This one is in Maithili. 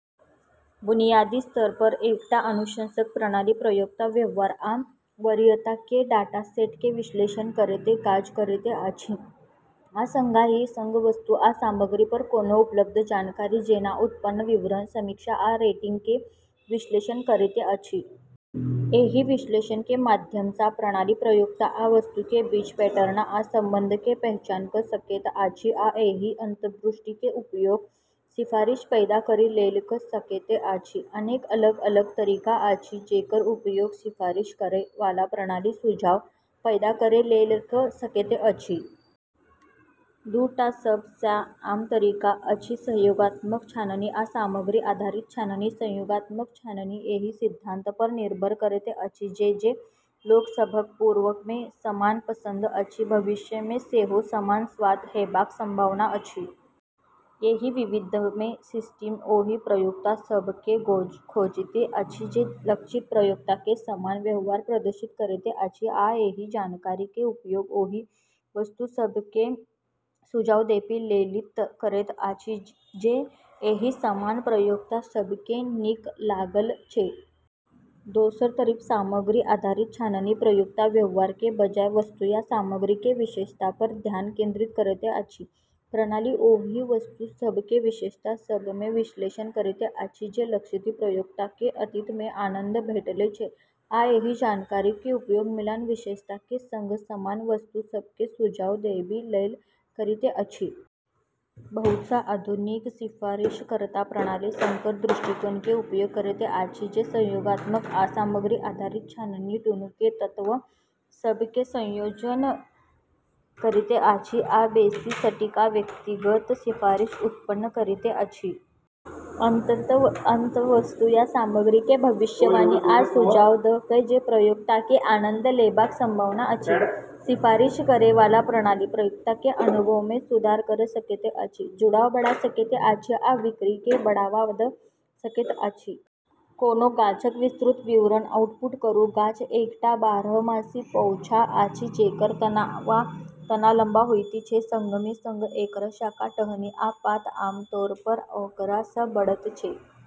बुनियादी स्तर पर, एकटा अनुशंसक प्रणाली प्रयोक्ता व्यवहार आ वरीयता के डाटासेट के विश्लेषण करैत काज करैत अछि, आ संगहि संग वस्तु या सामग्री पर कोनो उपलब्ध जानकारी, जेना उत्पाद विवरण, समीक्षा आ रेटिंग के विश्लेषण करैत अछि। एहि विश्लेषण के माध्यम सँ प्रणाली प्रयोक्ता आ वस्तु के बीच पैटर्न आ संबंध के पहचान कऽ सकैत अछि आ एहि अंतर्दृष्टि के उपयोग सिफारिश पैदा करै लेल कऽ सकैत अछि। अनेक अलग-अलग तरीका अछि जेकर उपयोग सिफारिश करै वाला प्रणाली सुझाव पैदा करै लेल कऽ सकैत अछि। दू टा सब सँ आम तरीका अछि सहयोगात्मक छाननी आ सामग्री आधारित छाननी। सहयोगात्मक छाननी एहि सिद्धांत पर निर्भर करैत अछि जे जे लोक सभक पूर्व मे समान पसंद अछि, भविष्य मे सेहो समान स्वाद हेबाक संभावना अछि। एहि विधि मे सिस्टम ओहि प्रयोक्ता सभ केँ खोजैत अछि जे लक्षित प्रयोक्ता के समान व्यवहार प्रदर्शित करैत अछि आ एहि जानकारी के उपयोग ओहि वस्तु सभ के सुझाव देबै लेल करैत अछि जे एहि समान प्रयोक्ता सभ केँ नीक लागल छै। दोसर तरफ सामग्री आधारित छाननी प्रयोक्ता व्यवहार के बजाय वस्तु या सामग्री के विशेषता पर ध्यान केंद्रित करैत अछि। प्रणाली ओहि वस्तु सभ के विशेषता सभ के विश्लेषण करैत अछि जे लक्षित प्रयोक्ता केँ अतीत मे आनंद भेटल छै आ एहि जानकारी के उपयोग मिलान विशेषता के संग समान वस्तु सभ के सुझाव देबै लेल करैत अछि। बहुत सँ आधुनिक सिफारिशकर्ता प्रणाली संकर दृष्टिकोण के उपयोग करैत अछि, जे सहयोगात्मक आ सामग्री आधारित छाननी दूनू के तत्व सभ के संयोजन करैत अछि आ बेसि सटीक आ व्यक्तिगत सिफारिश उत्पन्न करैत अछि। अंततः, वस्तु या सामग्री के भविष्यवाणी आ सुझाव दऽ कऽ जे प्रयोक्ता के आनंद लेबाक संभावना अछि, सिफारिश करै वाला प्रणाली प्रयोक्ता के अनुभव मे सुधार कऽ सकैत अछि, जुड़ाव बढ़ा सकैत अछि आ बिक्री केँ बढ़ावा दऽ सकैत अछि। कोनो गाछक विस्तृत विवरण आउटपुट करू। गाछ एकटा बारहमासी पौधा अछि जेकर तना वा तना लम्बा होइत छै, संगहि संग एकर शाखा, टहनी आ पात आम तौर पर ओकरा सँ बढ़ैत छै।